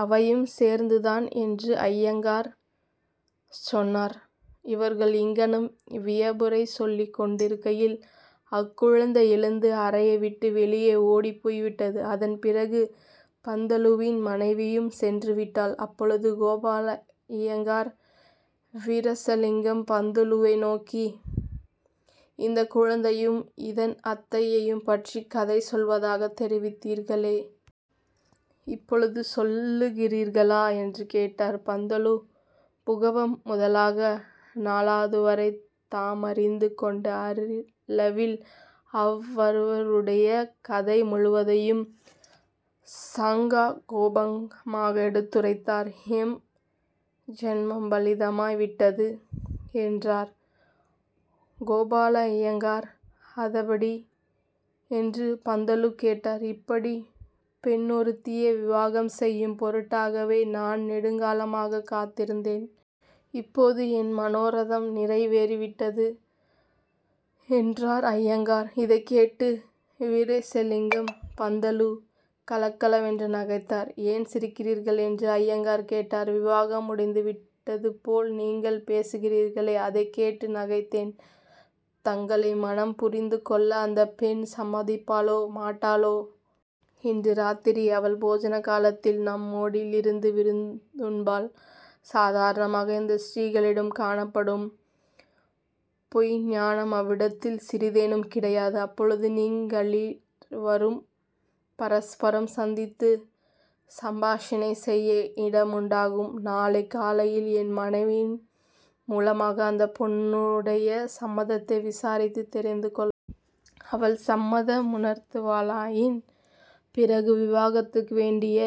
''அவையும் சேர்ந்துதான்'' என்று அய்யங்கார் சொன்னார். இவர்கள் இங்ஙனம் வியப்புரை சொல்லிக் கொண்டிருக்கையில் அக்குழந்தை எழுந்து அறையை விட்டு வெளியே ஓடிப் போய்விட்டது. அதன் பிறகே பந்துலுவின் மனைவியும் சென்றுவிட்டாள். அப்போது கோபாலய்யங்கார் வீரேசலிங்கம் பந்துலுவை நோக்கி, ''இந்தக் குழந்தையையும் இதன் அத்தையையும் பற்றிய கதை சொல்வதாகத் தெரிவித்தீர்களே? இப்போது சொல்லுகிறீர்களா? '' என்று கேட்டார். பந்துலு பூகம்பம் முதலாக நாளதுவரை தாமறிந்து கொண்ட அளவில் அவ்விருவருடைய கதை முழுதையும் சாங்கோபாங்கமாக எடுத்துரைத்தார். ''என் ஜன்மம் பலிதமாய் விட்டது'' என்றார் கோபாலய்யங்கார். ''அதெப்படி? '' என்று பந்துலு கேட்டார். ''இப்படிப்பட்ட பெண்ணொருத்தியை விவாகம் செய்யும் பொருட்டாகவே நான் நெடுங்காலமாகக் காத்திருந்தேன். இப்போது என் மனோரதம் நிறைவேறிவிட்டது'' என்றார் அய்யங்கார். இதைக் கேட்டு வீரேசலிங்கம் பந்துலு கலகலவென்று நகைத்தார். ''ஏன் சிரிக்கிறீர்கள்? '' என்று அய்யங்கார் கேட்டார். ''விவாகம் முடிந்து விட்டதுபோல் நீங்கள் பேசுகிறீர்களே! அதைக் கேட்டு நகைத்தேன். தங்களை மணம் புரிந்து கொள்ள அந்தப் பெண் சம்மதிப்பாளோ மாட்டாளோ? இன்று ராத்திரி அவள் போஜன காலத்தில் நம்மோடிருந்து விருந்துண்பாள். சாதாரணமாக, இந்து ஸ்திரீகளிடம் காணப்படும் பொய்ந்நாணம் அவளிடத்தில் சிறிதேனும் கிடையாது. அப்போது நீங்களிருவரும் பரஸ்பரம் சந்தித்து சம்பாஷணை செய்ய இடமுண்டாகும். நாளைக் காலையில் என் மனைவியின் மூலமாக அந்தப் பெண்ணுடைய சம்மதத்தை விசாரித்துத் தெரிந்து கொள்ளலாம். அவள் சம்மதமுணர்த்துவாளாயின், பிறகு விவாகத்துக்கு வேண்டிய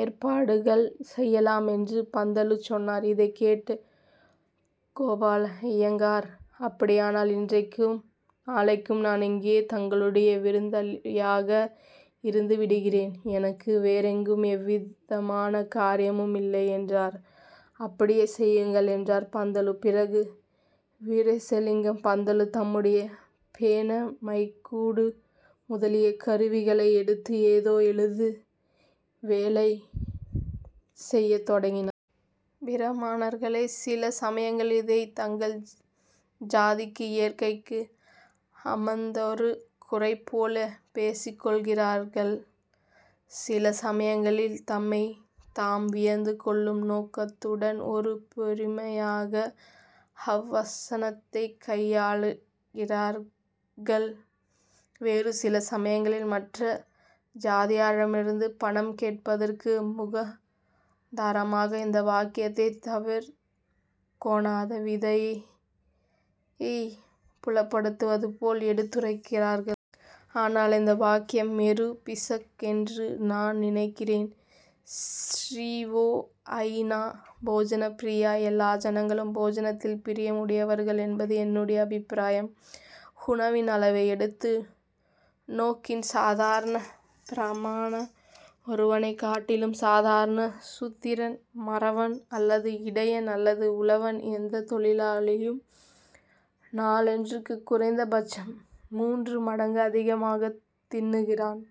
ஏற்பாடுகள் செய்யலாம்'' என்று பந்துலு சொன்னார். இதைக் கேட்டு கோபாலய்யங்கார் ''அப்படியானால் இன்றைக்கும் நாளைக்கும் நான் இங்கேயே தங்களுடைய விருந்தாளியாக இருந்து விடுகிறேன். எனக்கு வேறெங்கும் எவ்விதமான காரியமுமில்லை'' என்றார். ''அப்படியே செய்யுங்கள்'' என்றார் பந்துலு. பிறகு வீரேசலிங்கம் பந்துலு தம்முடைய பேனா மைக்கூடு முதலிய கருவிகளை எடுத்து ஏதோ எழுத்து வேலை செய்யத் தொடங்கினார். பிராமணர்களே சில சமயங்களில் இதைத் தங்கள் ஜாதிக்கு இயற்கையில் அமைந்ததொரு குறை போல பேசிக்கொள்ளுகிறார்கள். சில சமயங்களில் தம்மைத் தாம் வியந்து கொள்ளும் நோக்கத்துடன் ஒரு பெருமையாக அவ்வசனத்தைக் கையாடுகிறார்கள். வேறு சில சமயங்களில் மற்ற ஜாதியாரிடமிருந்து பணங் கேட்பதற்கு முகாந்தரமாக இந்த வாக்கியத்தைத் தவிர்க்கொணாத விதியைப் புலப்படுத்துவது போல் எடுத்துரைக்கிறார்கள். ஆனால் இந்த வாக்கியம் வெறும் பிசகென்று நான் நினைக்கிறேன். ''ஸர்வோ ஜநா: போஜனப்பிரியா:'' எல்லா ஜனங்களும் போஜனத்தில் பிரியமுடையவர்கள் என்பது என்னுடைய அபிப்பிராயம். உணவின் அளவை எடுத்து நோக்கின் சாதாரண பிராமணனொருவனைக் காட்டிலும் சாதாரண சூத்திரன் மறவன், அல்லது இடையன், அல்லது உழவன், எந்தத் தொழிலாளியும்-நாளன்றுக்குக் குறைந்த பட்சம் மூன்று மடங்கு அதிகமாகத் தின்னுகிறான்.